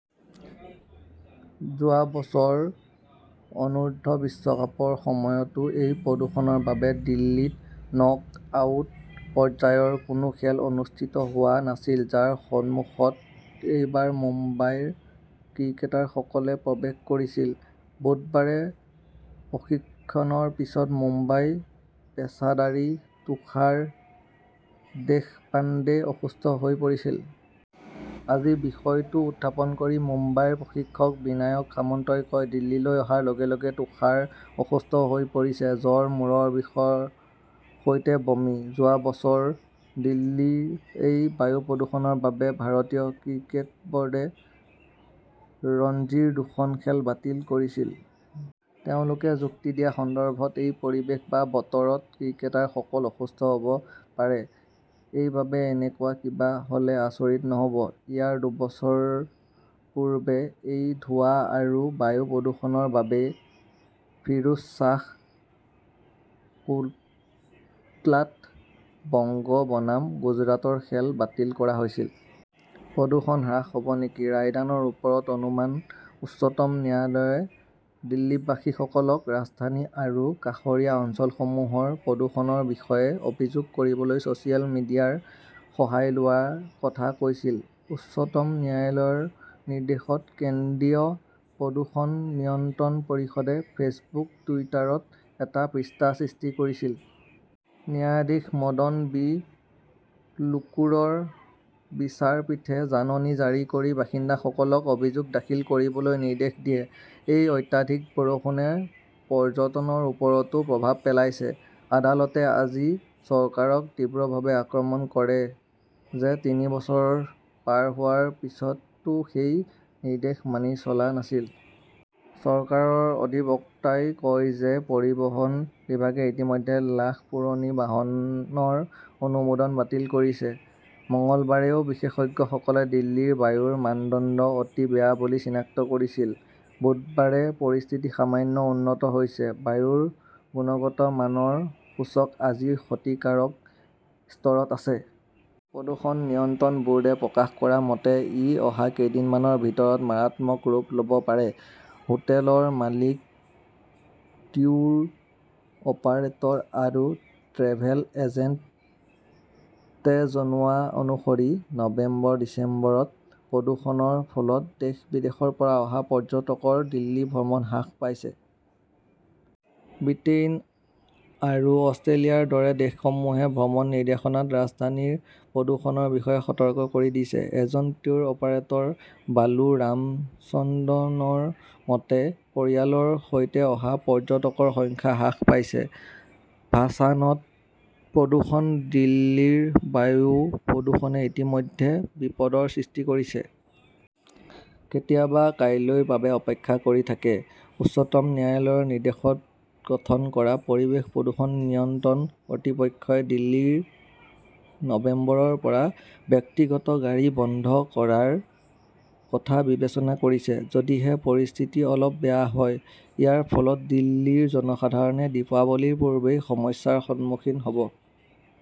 যোৱা বছৰ অনূৰ্ধ্ব- বিশ্বকাপৰ সময়তো এই প্ৰদূষণৰ বাবে দিল্লীত নক-আউট পৰ্যায়ৰ কোনো খেল অনুষ্ঠিত হোৱা নাছিল, যাৰ সন্মুখত এইবাৰ মুম্বাইৰ ক্ৰিকেটাৰসকলে প্ৰৱেশ কৰিছিল। বুধবাৰে প্ৰশিক্ষণৰ পিছত মুম্বাইৰ পেচাদাৰী তুষাৰ দেশপাণ্ডে অসুস্থ হৈ পৰিছিল। আজি বিষয়টো উত্থাপন কৰি মুম্বাইৰ প্ৰশিক্ষক বিনায়ক সামন্তই কয়, "দিল্লীলৈ অহাৰ লগে লগে তুষাৰ অসুস্থ হৈ পৰিছে। জ্বৰ, মূৰৰ বিষৰ সৈতে বমি। যোৱা বছৰ দিল্লীৰ এই বায়ু প্ৰদূষণৰ বাবে ভাৰতীয় ক্ৰিকেট বৰ্ডে ৰঞ্জীৰ দুখন খেল বাতিল কৰিছিল। তেওঁলোকে যুক্তি দিয়া সন্দৰ্ভত, এই পৰিৱেশ বা বতৰত ক্ৰিকেটাৰসকল অসুস্থ হব পাৰে। এইবাৰ এনেকুৱা কিবা হ'লে, আচৰিত নহব। ইয়াৰ দুবছৰ পূৰ্বে এই ধোঁৱা আৰু বায়ু প্ৰদূষণৰ বাবেই ফিৰোজ শ্বাহ কোটলাত বংগ বনাম গুজৰাটৰ খেল বাতিল কৰা হৈছিল। প্ৰদূষণ হ্ৰাস হব নেকি? ৰায়দানৰ ওপৰত অনুমান উচ্চতম ন্যায়ালয়ে দিল্লীবাসীসকলক ৰাজধানী আৰু কাষৰীয়া অঞ্চলসমূহৰ প্ৰদূষণৰ বিষয়ে অভিযোগ কৰিবলৈ ছচিয়েল মিডিয়াৰ সহায় লোৱাৰ কথা কৈছিল। উচ্চতম ন্যায়ালয়ৰ নিৰ্দেশত কেন্দ্ৰীয় প্ৰদূষণ নিয়ন্ত্ৰণ পৰিষদে ফেচবুক-টুইটাৰত এটা পৃষ্ঠা সৃষ্টি কৰিছিল। ন্যায়াধীশ মদন বি লোকুৰৰ বিচাৰপীঠে জাননী জাৰি কৰি বাসিন্দাসকলক অভিযোগ দাখিল কৰিবলৈ নিৰ্দেশ দিয়ে। এই অত্যাধিক প্ৰদূষণে পৰ্যটনৰ ওপৰতো প্ৰভাৱ পেলাইছে। আদালতে আজি চৰকাৰক তীব্ৰভাৱে আক্ৰমণ কৰে যে, তিনি বছৰ পাৰ হোৱাৰ পিছতো সেই নিৰ্দেশ মানি চলা নাছিল। চৰকাৰৰ অধিবক্তাই কয় যে, পৰিবহণ বিভাগে ইতিমধ্যে লাখ পুৰণি বাহনৰ অনুমোদন বাতিল কৰিছে। মঙলবাৰেও বিশেষজ্ঞসকলে দিল্লীৰ বায়ুৰ মানদণ্ড অতি বেয়া বুলি চিনাক্ত কৰিছিল। বুধবাৰে পৰিস্থিতি সামান্য উন্নত হৈছে। বায়ুৰ গুণগত মানৰ সূচক আজি ক্ষতিকাৰক স্তৰত আছে। প্ৰদূষণ নিয়ন্ত্ৰণ বোৰ্ডে প্ৰকাশ কৰা মতে, ই অহা কেইদিনমানৰ ভিতৰত "মাৰাত্মক" ৰূপ লব পাৰে। হোটেলৰ মালিক, ট্যুৰ অপাৰেটৰ আৰু ট্ৰেভেল এজেণ্টে জনোৱা অনুসৰি, নৱেম্বৰ-ডিচেম্বৰত প্ৰদূষণৰ ফলত দেশ-বিদেশৰ পৰা অহা পৰ্যটকৰ দিল্লী ভ্ৰমণ হ্ৰাস পাইছে। ব্ৰিটেইন আৰু অষ্ট্ৰেলিয়াৰ দৰে দেশসমূহে ভ্ৰমণ নিৰ্দেশনাত ৰাজধানীৰ প্ৰদূষণৰ বিষয়ে সতৰ্ক কৰি দিছে। এজন ট্যুৰ অপাৰেটৰ বালু ৰামচন্দ্ৰনৰ মতে, "পৰিয়ালৰ সৈতে অহা পৰ্যটকৰ সংখ্যা হ্ৰাস পাইছে"। ভাছানত প্ৰদূষণ দিল্লীৰ বায়ু প্ৰদূষণে ইতিমধ্যে বিপদৰ সৃষ্টি কৰিছে। কেতিয়াবা কাইলৈৰ বাবে অপেক্ষা কৰি থাকে। উচ্চতম ন্যায়ালয়ৰ নিৰ্দেশত গঠন কৰা "পৰিৱেশ প্ৰদূষণ নিয়ন্ত্ৰণ কৰ্তৃপক্ষই" দিল্লীত নৱেম্বৰৰ পৰা ব্যক্তিগত গাড়ী বন্ধ কৰাৰ কথা বিবেচনা কৰিছে, যদিহে পৰিস্থিতি অলপ বেয়া হয়। ইয়াৰ ফলত দিল্লীৰ জনসাধাৰণে দীপাৱলীৰ পূৰ্বেই সমস্যাৰ সন্মুখীন হব।